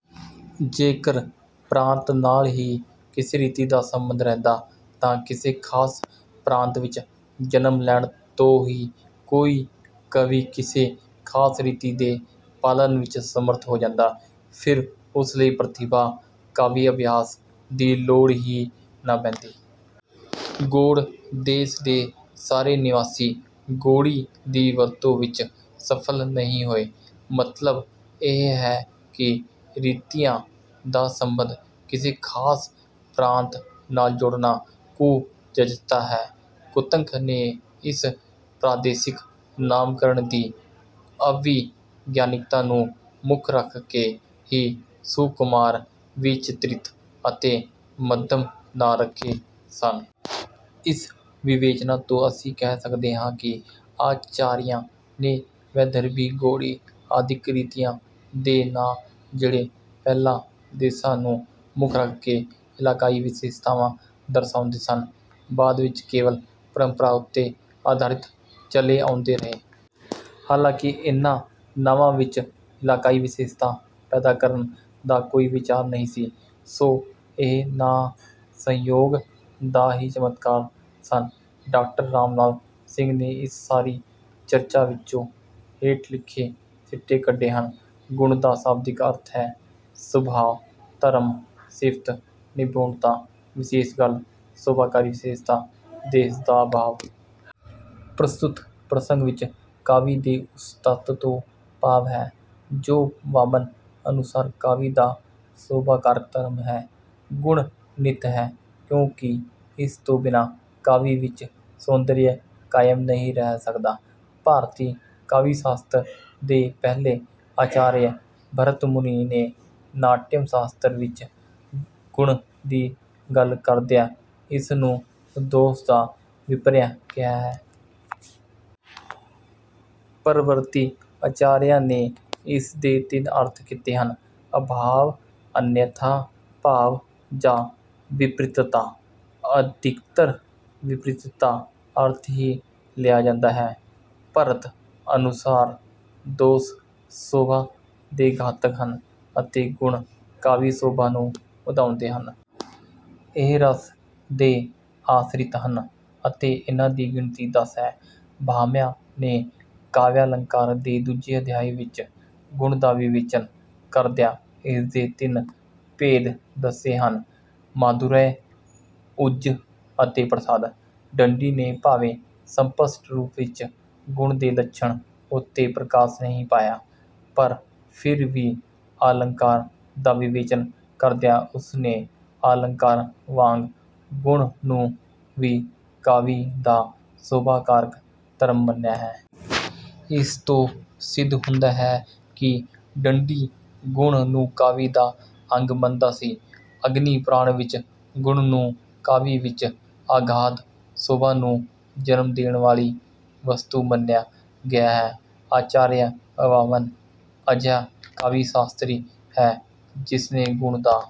ਜੇਕਰ ਪ੍ਰਾਂਤ ਨਾਲ ਹੀ ਕਿਸੇ ਰੀਤੀ ਦਾ ਸਬੰਧ ਰਹਿੰਦਾ ਤਾਂ ਕਿਸੇ ਖਾਸ ਪ੍ਰਾਂਤ ਵਿੱਚ ਜਨਮ ਲੈਣ ਤੋਂ ਹੀ ਕੋਈ ਕਵੀ ਕਿਸੇ ਖਾਸ ਰੀਤੀ ਦੇ ਪਾਲਨ ਵਿੱਚ ਸਮਰਥ ਹੋ ਜਾਂਦਾ। ਫਿਰ ਉਸ ਲਈ ਪ੍ਰਤਿਭਾ, ਕਾਵਿ-ਅਭਿਆਸ ਦੀ ਲੋੜ ਹੀ ਨਾ ਪੈਂਦੀ। ਗੌੜ ਦੇਸ਼ ਦੇ ਸਾਰੇ ਨਿਵਾਸੀ ਗੌੜੀ ਦੀ ਵਰਤੋਂ ਵਿੱਚ ਸਫਲ ਨਹੀਂ ਹੋਏ। ਮਤਲਬ ਇਹ ਹੈ ਕਿ ਰੀਤੀਆਂ ਦਾ ਸਬੰਧ ਕਿਸੇ ਖਾਸ ਪ੍ਰਾਂਤ ਨਾਲ ਜੋੜਨਾ ਕੁਚੱਜਤਾ ਹੈ। ਕੁੰਤਕ ਨੇ ਇਸ ਪ੍ਰਾਦੇਸ਼ਕ ਨਾਮਕਰਣ ਦੀ ਅਵਿਗਿਆਨਿਕਤਾ ਨੂੰ ਮੁੱਖ ਰੱਖ ਕੇ ਹੀ ਸੁਕੁਮਾਰ, ਵਿਚਿਤ੍ਰ ਅਤੇ ਮੱਧਮ ਨਾਂ ਰੱਖੇ ਸਨ। ਇਸ ਵਿਵੇਚਨਾ ਤੋਂ ਅਸੀਂ ਕਹਿ ਸਕਦੇ ਹਾਂ ਕਿ ਆਚਾਰੀਆਂ ਨੇ ਵੈਦਰਭੀ, ਗੌੜੀ ਆਦਿਕ ਰੀਤੀਆਂ ਦੇ ਨਾਂ ਜਿਹੜੇ ਪਹਿਲਾਂ ਦੇਸ਼ਾਂ ਨੂੰ ਮੁੱਖ ਰੱਖ ਕੇ ਇਲਾਕਾਈ ਵਿਸ਼ੇਸ਼ਤਾਵਾਂ ਦਰਸਾਉਂਦੇ ਸਨ, ਬਾਅਦ ਵਿੱਚ ਕੇਵਲ ਪਰੰਪਰਾ ਉੱਤੇ ਆਧਾਰਿਤ ਚਲੇ ਆਉਂਦੇ ਰਹੇ। ਹਾਲਾਂਕਿ ਇਨ੍ਹਾਂ ਨਾਵਾਂ ਵਿੱਚ ਇਲਾਕਾਈ ਵਿਸ਼ੇਸ਼ਤਾ ਪੈਦਾ ਕਰਨ ਦਾ ਕੋਈ ਵਿਚਾਰ ਨਹੀਂ ਸੀ। ਸੋ ਇਹ ਨਾਂ ਸੰਯੋਗ ਦਾ ਹੀ ਚਮਤਕਾਰ ਸਨ। ਡਾਕਟਰ ਰਾਮਲਾਲ ਸਿੰਘ ਨੇ ਇਸ ਸਾਰੀ ਚਰਚਾ ਵਿੱਚੋਂ ਹੇਠ ਲਿਖੇ ਸਿੱਟੇ ਕੱਢੇ ਹਨ - ਗੁਣ ਦਾ ਸ਼ਾਬਦਿਕ ਅਰਥ ਹੈ - ਸੁਭਾਅ, ਧਰਮ, ਸਿਫ਼ਤ, ਨਿਪੁਣਤਾ, ਵਿਸ਼ੇਸ਼ ਗੱਲ, ਸ਼ੋਭਾਕਾਰੀ ਵਿਸ਼ੇਸ਼ਤਾ, ਦੋਸ਼ ਦਾ ਅਭਾਵ। ਪ੍ਰਸਤੁਤ ਪ੍ਰਸੰਗ ਵਿੱਚ ਕਾਵਿ ਦੇ ਉਸ ਤੱਤ ਤੋਂ ਭਾਵ ਹੈ ਜੋ ਵਾਮਨ ਅਨੁਸਾਰ ਕਾਵਿ ਦਾ ਸ਼ੋਭਾਕਾਰਕ ਧਰਮ ਹੈ। ਗੁਣ ਨਿੱਤ ਹੈ ਕਿਉਂਕਿ ਇਸ ਤੋਂ ਬਿਨਾਂ ਕਾਵਿ ਵਿੱਚ ਸੌਂਦਰਯ ਕਾਇਮ ਨਹੀਂ ਰਹਿ ਸਕਦਾ। ਭਾਰਤੀ ਕਾਵਿ-ਸ਼ਾਸਤਰ ਦੇ ਪਹਿਲੇ ਆਚਾਰਯ ਭਰਤ ਮੁਨੀ ਨੇ ਨਾਟਯ-ਸ਼ਾਸਤਰ ਵਿੱਚ ਗੁਣ ਦੀ ਗੱਲ ਕਰਦਿਆਂ ਇਸ ਨੂੰ ਦੋਸ਼ ਦਾ ਵਿਪਰਯਯ ਕਿਹਾ ਹੈ। ਪਰਵਰਤੀ ਆਚਾਰੀਆਂ ਨੇ ਇਸ ਦੇ ਤਿੰਨ ਅਰਥ ਕੀਤੇ ਹਨ - ਅਭਾਵ, ਅਨਨ੍ਯਥਾ ਭਾਵ ਜਾਂ ਵਿਪਰੀਤਤਾ। ਅਧਿਕਤਰ ਵਿਪਰੀਤਤਾ ਅਰਥ ਹੀ ਲਿਆ ਜਾਂਦਾ ਹੈ। ਭਰਤ ਅਨੁਸਾਰ ਦੋਸ਼ ਸ਼ੋਭਾ ਦੇ ਘਾਤਕ ਹਨ ਅਤੇ ਗੁਣ ਕਾਵਿ-ਸ਼ੋਭਾ ਨੂੰ ਵਧਾਉਂਦੇ ਹਨ। ਇਹ ਰਸ ਦੇ ਆਸ਼ਰਿਤ ਹਨ ਅਤੇ ਇਨ੍ਹਾਂ ਦੀ ਗਿਣਤੀ ਦਸ ਹੈ। ਭਾਮਹ ਨੇ ਕਾਵਯਾਲੰਕਾਰ ਦੇ ਦੂਜੇ ਅਧਿਆਇ ਵਿੱਚ ਗੁਣ ਦਾ ਵਿਵੇਚਨ ਕਰਦਿਆਂ ਇਸਦੇ ਤਿੰਨ ਭੇਦ ਦੱਸੇ ਹਨ - ਮਾਧੁਰਯ, ਓਜ ਅਤੇ ਪ੍ਰਸਾਦ। ਦੰਡੀ ਨੇ ਭਾਵੇਂ ਸਪੱਸ਼ਟ ਰੂਪ ਵਿੱਚ ਗੁਣ ਦੇ ਲੱਛਣ ਉੱਤੇ ਪ੍ਰਕਾਸ਼ ਨਹੀਂ ਪਾਇਆ, ਪਰ ਫਿਰ ਵੀ ਆਲੰਕਾਰ ਦਾ ਵਿਵੇਚਨ ਕਰਦਿਆਂ ਉਸ ਨੇ ਆਲੰਕਾਰ ਵਾਂਗ ਗੁਣ ਨੂੰ ਵੀ ਕਾਵਿ ਦਾ ਸ਼ੋਭਾਕਾਰਕ ਧਰਮ ਮੰਨਿਆ ਹੈ। ਇਸ ਤੋਂ ਸਿੱਧ ਹੁੰਦਾ ਹੈ ਕਿ ਦੰਡੀ ਗੁਣ ਨੂੰ ਕਾਵਿ ਦਾ ਅੰਗ ਮੰਨਦਾ ਸੀ। ਅਗਨਿ ਪੁਰਾਣ ਵਿੱਚ ਗੁਣ ਨੂੰ ਕਾਵਿ ਵਿੱਚ ਅਗਾਧ ਸ਼ੋਭਾ ਨੂੰ ਜਨਮ ਦੇਣ ਵਾਲੀ ਵਸਤੂ ਮੰਨਿਆ ਗਿਆ ਹੈ। ਆਚਾਰਯ ਵਾਮਨ ਅਜਿਹਾ ਕਾਵਿ-ਸ਼ਾਸਤਰੀ ਹੈ ਜਿਸਨੇ ਗੁਣ ਦਾ